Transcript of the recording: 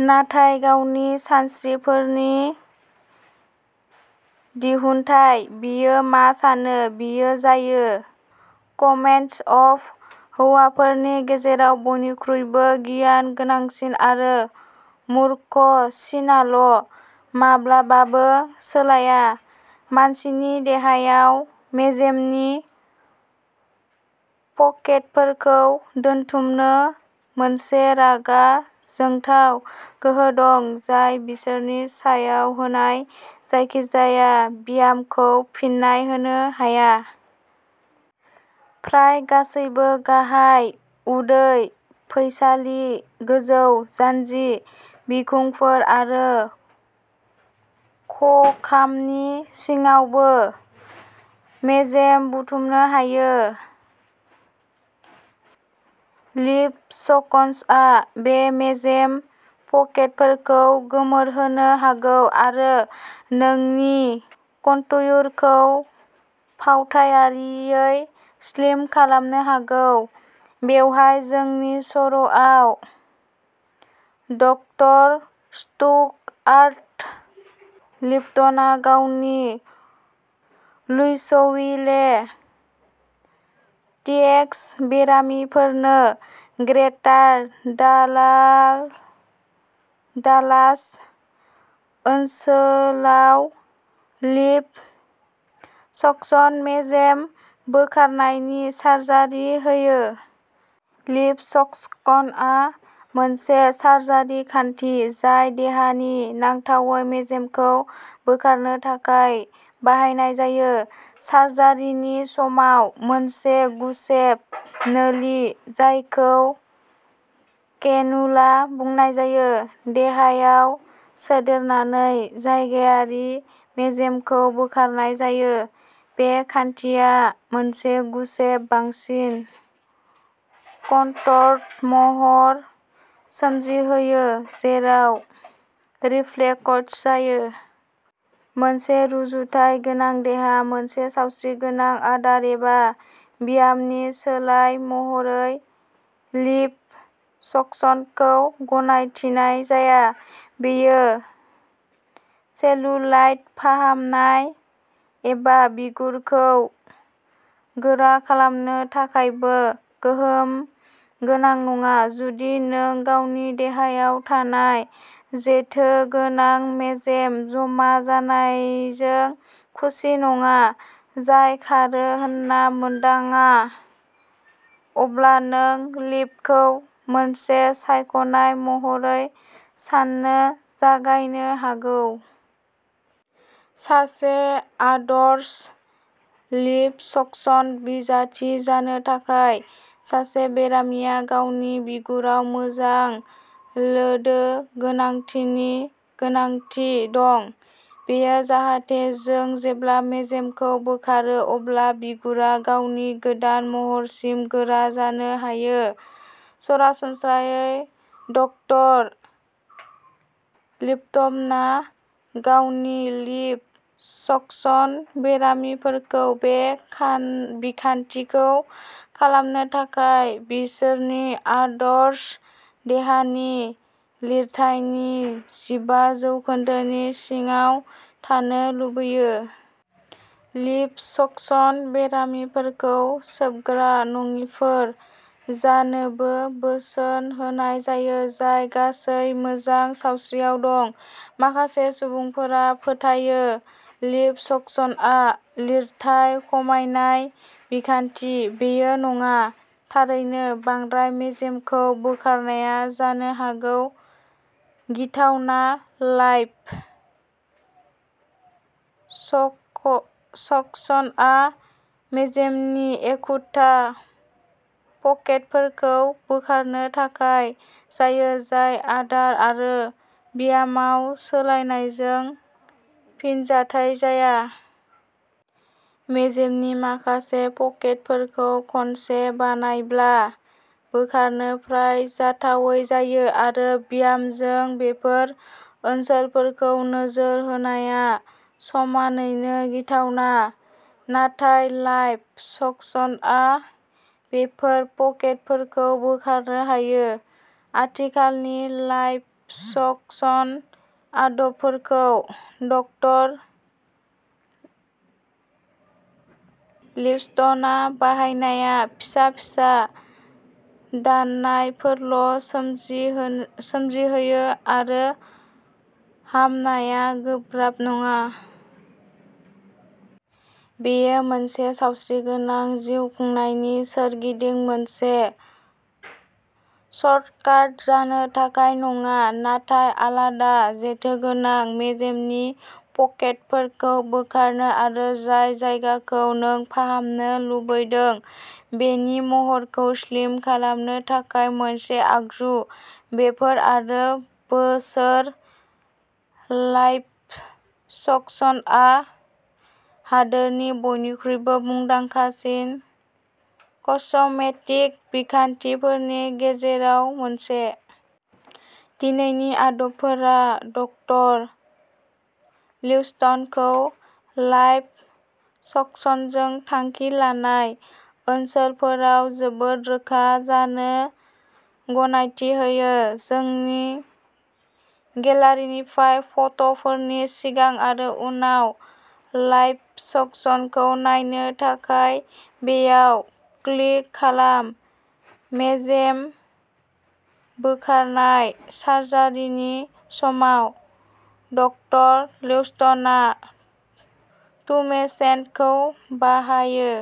नाथाय गावनि सानस्रिफोरनि दिहुनथाइ। बियो मा सानो, बियो जायो। कमेन्ट्स अफ हौवाफोरनि गेजेराव बयनिख्रुइबो गियान गोनांसिन आरो मूर्ख सिनाल' माब्लाबाबो सोलाया। मानसिनि देहायाव मेजेमनि पकेटफोरखौ दोनथुमनो मोनसे रागा जोंथाव गोहो दं, जाय बिसोरनि सायाव होनाय जायखिजाया ब्यामखौ फिन्नाय होनो हाया। फ्राय गासैबो गाहाय उदै, फैसालि, गोजौ जानजि, बिखुंफोर आरो खखामनि सिङावबो मेजेम बुथुमनो हायो। लिप'सक्सनआ बे मेजेम पकेटफोरखौ गोमोरहोनो हागौ आरो नोंनि कनट्युरखौ फावथायारियै स्लिम खालामनो हागौ। बेवहाय जोंनि सर'आव, डकटर स्टुआर्ट लिप्टना गावनि लुइसविले, टिएक्स बेरामिफोरनो ग्रेटार दालास डालास ओनसोलाव लिप' सक्सन मेजेम बोखारनायनि सार्जारि होयो। लिप' सक्सनआ मोनसे सार्जारि खान्थि, जाय देहानि नांथावै मेजेमखौ बोखारनो थाखाय बाहायनाय जायो। सार्जारिनि समाव, मोनसे गुसेब नोलि जायखौ केनुला बुंनाय जायो, देहायाव सोदेरनानै जायगायारि मेजेमखौ बोखारनाय जायो। बे खान्थिया मोनसे गुसेब, बांसिन कनटर्ड महर सोमजिहोयो, जेराव रिफ्लेक्ट जायो। मोनसे रुजुथाय गोनां देहा। मोनसे सावस्रिगोनां आदार एबा ब्यामनि सोलाय महरै लिप' सक्सनखौ गनायथिनाय जाया। बेयो सेल्युलाइट फाहामनाय एबा बिगुरखौ गोरा खालामनो थाखायबो गोहोम गोनां नङा। जुदि नों गावनि देहायाव थानाय जेथोगोनां मेजेम जमा जानायजों खुसि नङा, जाय खारो होनना मोनदाङा, अब्ला नों लिप'खौ मोनसे सायख'नाय महरै सान्नो जागायनो हागौ। सासे आदर्श लिप'सक्सन बिजाथि जानो थाखाय, सासे बेरामिया गावनि बिगुराव मोजां लोदो गोनांथिनि गोनांथि दं। बेयो जाहाथे जों जेब्ला मेजेमखौ बोखारो अब्ला बिगुरा गावनि गोदान महरसिम गोरा जानो हायो। सरासनस्रायै, डकटर लिप्टना गावनि लिप' सक्सन बेरामिफोरखौ बे बिखान्थिखौ खालामनो थाखाय बिसोरनि आदर्श देहानि लिरथायनि जिबा जौखोन्दोनि सिङाव थानो लुबैयो। लिप' सक्सन बेरामिफोरखौ सोबग्रा नङिफोर जानोबो बोसोन होनाय जायो जाय गासै मोजां सावस्रियाव दं। माखासे सुबुंफोरा फोथायो लिप' सक्सनआ लिरथाय खमायनाय बिखान्थि। बेयो नङा। थारैनो, बांद्राय मेजेमखौ बोखारनाया जानो हागौ। गिथावना लाइप' सकसनआ मेजेमनि एखुथा पकेटफोरखौ बोखारनो थाखाय जायो, जाय आदार आरो ब्यामाव सोलायनायजों फिनजाथाय जाया। मेजेमनि माखासे पकेटफोरखौ खनसे बानायब्ला बोखारनो फ्राय जाथावै जायो। आरो ब्यामजों बेफोर ओनसोलफोरखौ नोजोर होनाया समानैनो गिथावना। नाथाय लाइप' सकसनआ बेफोर पकेटफोरखौ बोखारनो हायो। आथिखालनि लाइप'सकसन आदबफोरखौ डकटर लिप्टना बाहायनाया फिसा फिसा दाननायफोरल' सोमजिहोयो आरो हामनाया गोब्राब नङा। बेयो मोनसे सावस्रिगोनां जिउखुंनायनि सोरगिदिं मोनसे सर्टकाट जानो थाखाय नङा, नाथाय आलादा, जेथोगोनां मेजेमनि पकेटफोरखौ बोखारनो आरो जाय जायगाखौ नों फाहामनो लुबैदों बेनि महरखौ स्लिम खालामनो थाखाय मोनसे आगजु। बेफोर आरो बोसोर, लाइप'सकसनआ हादोरनि बयनिख्रुइबो मुंदांखासिन कस्मेटिक बिखान्थिफोरनि गेजेराव मोनसे। दिनैनि आदबफोरा डकटर लिप्टनखौ लाइप' सकसनजों थांखि लानाय ओनसोलफोराव जोबोद रोखा जानो गनायथि होयो। जोंनि गेलारिनिफ्राय फट'फोरनि सिगां आरो उनाव लाइप'सकसनखौ नायनो थाखाय बेयाव क्लिक खालाम। मेजेम बोखारनाय सार्जारिनि समाव, डकटर लिप्टना टुमेसेन्टखौ बाहायो।